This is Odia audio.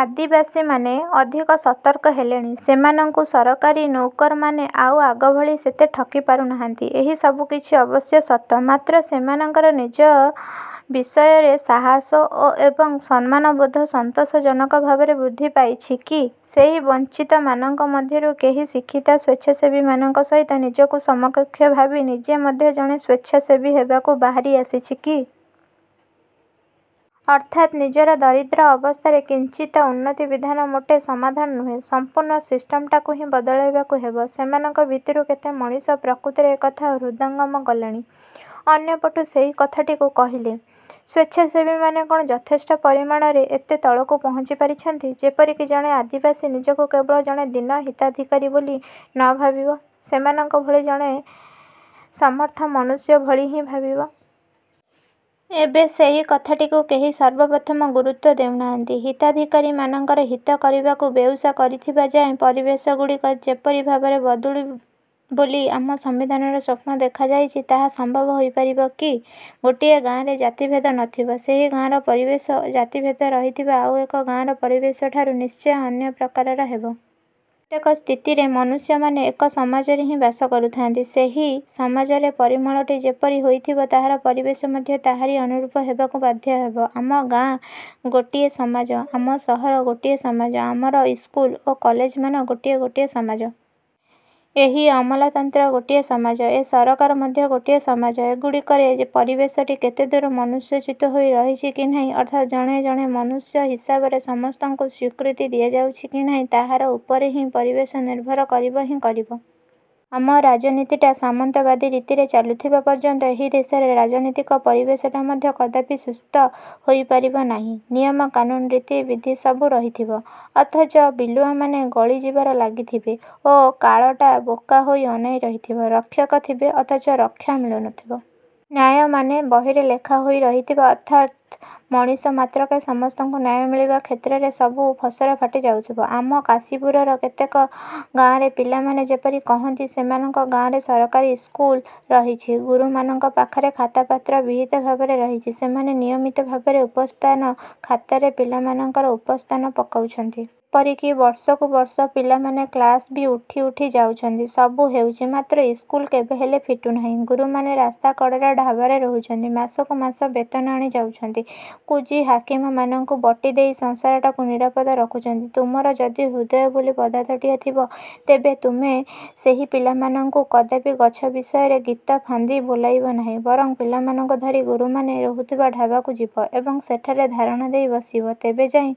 ଆଦିବାସୀମାନେ ଅଧିକ ସତର୍କ ହେଲେଣି, ସେମାନଙ୍କୁ ସରକାରୀ ନଉକରମାନେ ଆଉ ଆଗଭଳି ସେତେ ଠକି ପାରୁନାହାନ୍ତି। ଏହି ସବୁକିଛି ଅବଶ୍ୟ ସତ। ମାତ୍ର ସେମାନଙ୍କର ନିଜ ବିଷୟରେ ସାହସ ଏବଂ ସମ୍ମାନବୋଧ ସନ୍ତୋଷଜନକ ଭାବରେ ବୃଦ୍ଧି ପାଇଛି କି? ସେହି ବଂଚିତମାନଙ୍କ ମଧ୍ୟରୁ କେହି ଶିକ୍ଷିତ ସ୍ୱେଚ୍ଛାସେବୀମାନଙ୍କ ସହିତ ନିଜକୁ ସମକକ୍ଷ ଭାବି ନିଜେ ମଧ୍ୟ ଜଣେ ସ୍ୱେଚ୍ଛାସେବୀ ହେବାକୁ ବାହାରି ଆସିଛି କି? ଅର୍ଥାତ୍ ନିଜର ଦରିଦ୍ର ଅବସ୍ଥାରେ କିଞ୍ଚିତ ଉନ୍ନତିବିଧାନ ମୋଟେ ସମାଧାନ ନୁହେଁ, ସମ୍ପୂର୍ଣ୍ଣ ସିଷ୍ଟମଟାକୁ ହିଁ ବଦଳାଇବାକୁ ହେବ- ସେମାନଙ୍କ ଭିତରୁ କେତେ ମଣିଷ ପ୍ରକୃତରେ ଏକଥା ହୃଦୟଙ୍ଗମ କଲେଣି-? ଅନ୍ୟପଟୁ ସେହିକଥାଟିକୁ କହିଲେ, ସ୍ୱେଚ୍ଛାସେବୀମାନେ କ'ଣ ଯଥେଷ୍ଟ ପରିମାଣରେ ଏତେ ତଳକୁ ପହଂଚି ପାରିଛନ୍ତି, ଯେପରିକି ଜଣେ ଆଦିବାସୀ ନିଜକୁ କେବଳ ଜଣେ ଦୀନ ହିତାଧିକାରୀ ବୋଲି ନଭାବି ସେମାନଙ୍କ ଭଳି ଜଣେ ସମର୍ଥ ମନୁଷ୍ୟ ଭଳି ହିଁ ଭାବିବ? ଏବେ ସେହି କଥାଟିକୁ କେହି ସର୍ବପ୍ରଥମ ଗୁରୁତ୍ୱ ଦେଉନାହାନ୍ତି। ହିତାଧିକାରୀମାନଙ୍କର ହିତ କରିବାକୁ ବେଉସା କରିଥିବା ଯାଏ ପରିବେଶଗୁଡ଼ିକ ଯେପରି ଭାବରେ ବଦଳୁ ବୋଲି ଆମ ସମ୍ବିଧାନରେ ସ୍ୱପ୍ନ ଦେଖାଯାଇଛି, ତାହା ସମ୍ଭବ ହୋଇପାରିବ କି? ଗୋଟିଏ ଗାଆଁରେ ଜାତିଭେଦ ନଥିବ, ସେହି ଗାଆଁର ପରିବେଶ ଜାତିଭେଦ ରହିଥିବା ଆଉ ଏକ ଗାଆଁର ପରିବେଶଠାରୁ ନିଶ୍ଚୟ ଅନ୍ୟ ପ୍ରକାରର ହେବ। ପ୍ରତ୍ୟେକ ସ୍ଥିତିରେ ମନୁଷ୍ୟମାନେ ଏକ ସମାଜରେ ହିଁ ବାସ କରୁଥାନ୍ତି। ସେହି ସମାଜର ପରିମଳଟି ଯେପରି ହୋଇଥିବ, ତାହାର ପରିବେଶ ମଧ୍ୟ ତାହାରି ଅନୁରୂପ ହେବାକୁ ବାଧ୍ୟ ହେବ। ଆମ ଗାଆଁ ଗୋଟିଏ ସମାଜ, ଆମ ସହର ଗୋଟିଏ ସମାଜ, ଆମର ଇସ୍କୁଲ ଓ କଲେଜମାନେ ଗୋଟିଏ ଗୋଟିଏ ସମାଜ। ଏହି ଅମଲାତନ୍ତ୍ର ଗୋଟିଏ ସମାଜ, ଏ ସରକାର ମଧ୍ୟ ଗୋଟିଏ ସମାଜ। ଏଗୁଡ଼ିକରେ ପରିବେଶଟି କେତେଦୂର ମନୁଷ୍ୟୋଚିତ ହୋଇ ରହିଛି କି ନାହିଁ, ଅର୍ଥାତ୍ ଜଣେ ଜଣେ ମନୁଷ୍ୟ ହିସାବରେ ସମସ୍ତଙ୍କୁ ସ୍ୱୀକୃତି ଦିଆଯାଉଛି କି ନାହିଁ, ତାହାରି ଉପରେ ହିଁ ପରିବେଶ ନିର୍ଭର କରିବ ହିଁ କରିବ। ଆମ ରାଜନୀତିଟା ସାମନ୍ତବାଦୀ ରୀତିରେ ଚାଲୁଥିବା ପର୍ଯ୍ୟନ୍ତ ଏହି ଦେଶରେ ରାଜନୀତିକ ପରିବେଶଟା ମଧ୍ୟ କଦାପି ସୁସ୍ତ ହୋଇପାରିବ ନାହିଁ। ନିୟମ କାନୁନ୍, ରୀତିବିଧି ସବୁ ରହିଥିବ, ଅଥଚ ବିଲୁଆମାନେ ଗଳି ଯିବାରେ ଲାଗିଥିବେ ଓ କାଳଟା ବୋକା ହୋଇ ଅନାଇ ରହିଥିବ। ରକ୍ଷକ ଥିବେ, ଅଥଚ ରକ୍ଷା ମିଳୁନଥିବ। ନ୍ୟାୟମାନେ ବହିରେ ଲେଖା ହୋଇ ରହିଥିବେ। ଅର୍ଥାତ୍ ମଣିଷ ମାତ୍ରକେ ସମସ୍ତଙ୍କୁ ନ୍ୟାୟ ମିଳିବା କ୍ଷେତ୍ରରେ ସବୁ ପସରଫାଟି ଯାଉଥିବ। ଆମ କାଶୀପୁରର କେତେ ଗାଆଁରେ ପିଲାମାନେ ଯେପରି କହନ୍ତି, ସେମାନଙ୍କ ଗାଆଁରେ ସରକାରୀ ଇସ୍କୁଲ ରହିଛି, ଗୁରୁମାନଙ୍କ ପାଖରେ ଖାତାପତ୍ର ବିହିତ ଭାବରେ ରହିଛି, ସେମାନେ ନିୟମିତ ଭାବରେ ଉପସ୍ଥାନ ଖାତାରେ ପିଲାମାନଙ୍କର ଉପସ୍ଥାନ ପକାଉଛନ୍ତି। ଏପରିକି ବର୍ଷକୁ ବର୍ଷ ପିଲାମାନେ କ୍ଲାସ ବି ଉଠି ଉଠି ଯାଉଛନ୍ତି। ସବୁ ହେଉଛି ମାତ୍ର ଇସ୍କୁଲ କେବେହେଲେ ଫିଟୁନାହିଁ। ଗୁରୁମାନେ ରାସ୍ତାକଡ଼ର ଢାବାରେ ରହୁଛନ୍ତି। ମାସକୁ ମାସ ବେତନ ଆଣି ଯାଉଛନ୍ତି, କୁଜି ହାକିମମାନଙ୍କୁ ବଟି ଦେଇ ସଂସାରଟାକୁ ନିରାପଦ ରଖିଛନ୍ତି। ତୁମର ଯଦି ହୃଦୟ ବୋଲି ପଦାର୍ଥଟିଏ ଥିବ, ତେବେ ତୁମେ ସେହି ପିଲାମାନଙ୍କୁ କଦାପି ଗଛ ବିଷୟରେ ଗୀତ ଫାନ୍ଦି ବୋଲାଇବ ନାହିଁ; ବରଂ ପିଲାମାନଙ୍କୁ ଧରି ଗୁରୁମାନେ ରହୁଥିବା ଢାବାକୁ ଯିବ ଏବଂ ସେଠାରେ ଧାରଣା ଦେଇ ବସିବ। ତେବେ ଯାଇ